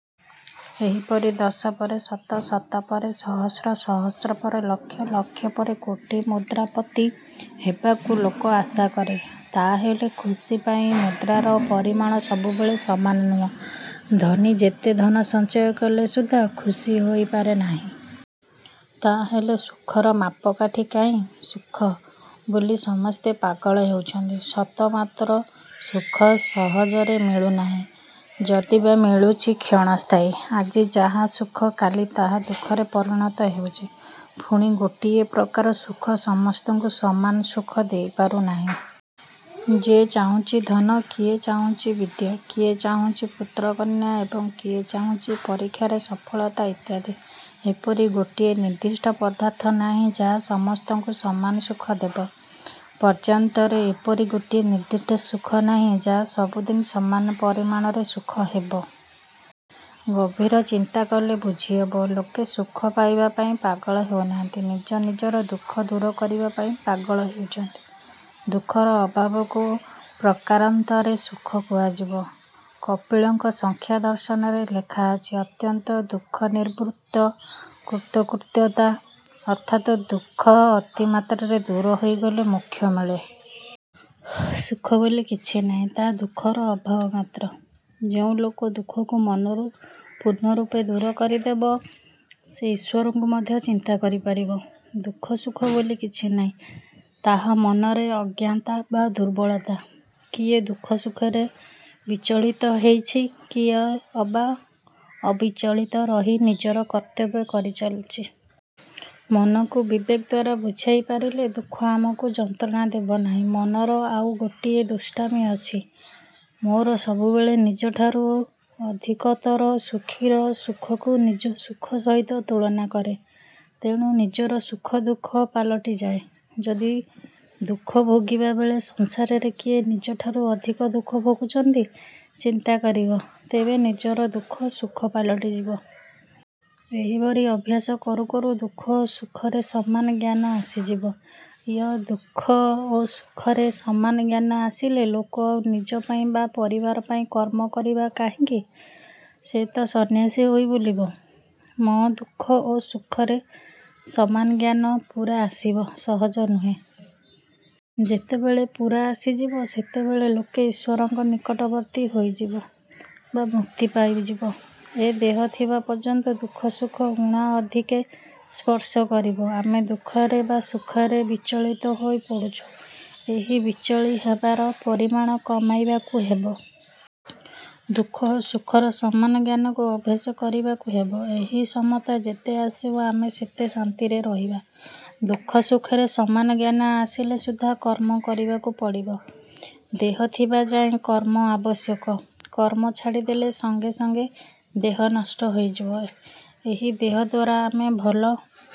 ଏହିପରି ଦଶ ପରେ ଶତ, ଶତ ପରେ ସହସ୍ର, ସହସ୍ର ପରେ ଲକ୍ଷ, ଲକ୍ଷ ପରେ କୋଟି ମୁଦ୍ରାପତି ହେବାକୁ ଲୋକ ଆଶା କରେ। ତାହାହେଲେ ଖୁସି ପାଇଁ ମୁଦ୍ରାର ପରିମାଣ ସବୁବେଳେ ସମାନ ନୁହେଁ। ଧନୀ ଯେତେ ଧନ ସଞ୍ଚୟ କଲେ ସୁଦ୍ଧା ଖୁସି ହୋଇପାରେ ନାହିଁ। ତାହାହେଲେ। ସୁଖର ମାପକାଠି କାହିଁ? ସୁଖ। ବୋଲି ସମସ୍ତେ ପାଗଳ ହେଉଛନ୍ତି ସତ ମାତ୍ର ସୁଖ ସହଜରେ ମିଳୁନାହିଁ। ଯଦିବା ମିଳୁଛି, କ୍ଷଣସ୍ଥାୟୀ। ଆଜି ଯାହା ସୁଖ କାଲି ତାହା ଦୁଃଖରେ ପରିଣତ ହେଉଛି। ପୁଣି ଗୋଟିଏ ପ୍ରକାର ସୁଖ ସମସ୍ତଙ୍କୁ ସମାନ ସୁଖ ଦେଇପାରୁ ନାହିଁ-। କିଏ ଚାହୁଁଛି ଧନ, କିଏ ଚାହୁଁଛି ବିଦ୍ୟା, କିଏ ଚାହୁଁଛି ପୁତ୍ରକନ୍ୟା ଏବଂ କିଏ ଚାହୁଁଛି ପରୀକ୍ଷାରେ ସଫଳତା ଇତ୍ୟାଦି। ଏପରି ଗୋଟିଏ ନିର୍ଦ୍ଦିଷ୍ଟ ପଦାର୍ଥ ନାହିଁ, ଯାହା ସମସ୍ତଙ୍କୁ ସମାନ ସୁଖ ଦେବ। ପକ୍ଷାନ୍ତରେ ଏପରି ଗୋଟିଏ ନିର୍ଦ୍ଦିଷ୍ଟ ସୁଖ ନାହିଁ ଯାହା ସବୁଦିନେ ସମାନ ପରିଣାମରେ ସୁଖ ହେବ-। ଗଭୀର ଚିନ୍ତା କଲେ ବୁଝିହେବ, ଲୋକେ ସୁଖ ପାଇବା ପାଇଁ ପାଗଳ ହେଉ ନାହାନ୍ତି; ନିଜ ନିଜର ଦୁଃଖ ଦୂର କରିବା ପାଇଁ ପାଗଳ ହେଉଛନ୍ତି। ଦୁଃଖର ଅଭାବକୁ ପ୍ରକାରାନ୍ତରେ ସୁଖ କୁହାଯିବ। କପିଳଙ୍କ ସାଂଖ୍ୟ ଦର୍ଶନରେ ଲେଖାଅଛି, ଅତ୍ୟନ୍ତ ଦୁଃଖନିବୃତ୍ତ୍ୟା କୃତକୃତ୍ୟତା। ଅର୍ଥାତ୍ ଦୁଃଖ ଅତିମାତ୍ରାରେ ଦୂର ହୋଇଗଲେ ମୋକ୍ଷ ମିଳେ। "ସୁଖ ବୋଲି କିଛି ନାହିଁ, ତାହା ଦୁଃଖର ଅଭାବ ମାତ୍ର। " ଯେଉଁ ଲୋକ ଦୁଃଖକୁ ମନରୁ ପୂର୍ଣ୍ଣରୂପେ ଦୂର କରିଦେବ, ସେ ଈଶ୍ଵରଙ୍କୁ ମଧ୍ୟ ଚିନ୍ତା କରିପାରିବ। ଦୁଃଖ ସୁଖ ବୋଲି କିଛି ନାହିଁ, ତାହା ମନରେ ଅଜ୍ଞତା ବା ଦୁର୍ବଳତା। କିଏ ଦୁଃଖ ସୁଖରେ ବିଚଳିତ ହେଉଛି, କିଏ ଅବା ଅବିଚଳିତ ରହି ନିଜର କର୍ତ୍ତବ୍ୟ କରି ଚାଲିଛି। ମନକୁ ବିବେକ ଦ୍ଵାରା ବୁଝାଇ ପାରିଲେ ଦୁଃଖ ଆମକୁ ଯନ୍ତ୍ରଣା ଦେବ ନାହିଁ। ମନର ଆଉ ଗୋଟିଏ ଦୁଷ୍ଟାମି ଅଛି। ମୋର ସବୁବେଳେ ନିଜଠାରୁ ଅଧିକତର ସୁଖୀର ସୁଖକୁ ନିଜ ସୁଖ ସହିତ ତୁଳନା କରେ। ତେଣୁ ନିଜର ସୁଖ ଦୁଃଖ ପାଲଟିଯାଏ। ଯଦି ଦୁଃଖ ଭୋଗିବାବେଳେ ସଂସାରରେ କିଏ ନିଜଠାରୁ ଅଧିକ ଦୁଃଖ ଭୋଗୁଛନ୍ତି, ଚିନ୍ତା କରିବ; ତେବେ ନିଜର ଦୁଃଖ ସୁଖ ପାଲଟିଯିବ। ଏହିପରି ଅଭ୍ୟାସ କରୁ କରୁ ଦୁଃଖ ଓ ସୁଖରେ ସମାନ ଜ୍ଞାନ ଆସିଯିବ। ୟ-ଦୁଃଖ ଓ ସୁଖରେ ସମାନ ଜ୍ଞାନ ଆସିଲେ ଲୋକ ଆଉ ନିଜ ପାଇଁ ବା ପରିବାର ପାଇଁ କର୍ମ କରିବ କାହିଁକି? ସେ ତ ସନ୍ନ୍ୟାସୀ ହୋଇ ବୁଲିବ। ମ-ଦୁଃଖ ଓ ସୁଖରେ ସମାନ ଜ୍ଞାନ ପୂରା ଆସିବା ସହଜ ନୁହେଁ। ଯେତେବେଳେ ପୂରା ଆସିଯିବ, ସେତେବେଳେ ଲୋକ ଈଶ୍ଵରଙ୍କ ନିକଟବର୍ତ୍ତୀ ହୋଇଯିବ ବା ମୁକ୍ତି ପାଇଯିବ। ଏ ଦେହ ଥିବା ପର୍ଯ୍ୟନ୍ତ ଦୁଃଖ ସୁଖ ଊଣାଅଧିକେ ସ୍ପର୍ଶ କରିବ। ଆମେ ଦୁଃଖରେ ବା ସୁଖରେ ବିଚଳିତ ହୋଇ ପଡ଼ୁଛୁଁ। ଏହି ବିଚଳି ହେବାର ପରିମାଣ କମାଇବାକୁ ହେବ। ଦୁଃଖ ଓ ସୁଖର ସମାନ ଜ୍ଞାନକୁ ଅଭ୍ୟାସ କରିବାକୁ ହେବ। ଏହି ସମତା ଯେତେ ଆସିବ ଆମେ ସେତେ ଶାନ୍ତିରେ ରହିବା। ଦୁଃଖ ସୁଖରେ ସମାନ ଜ୍ଞାନ ଆସିଲେ ସୁଦ୍ଧା କର୍ମ କରିବାକୁ ପଡ଼ିବ। ଦେହ ଥିବା ଯାଏ କର୍ମ ଆବଶ୍ୟକ। କର୍ମ ଛାଡ଼ି ଦେଇ ସଙ୍ଗେ ସଙ୍ଗେ ଦେହ ନଷ୍ଟ ହୋଇଯିବ। ଏହି ଦେହଦ୍ୱାରା ଆମେ ଭଲ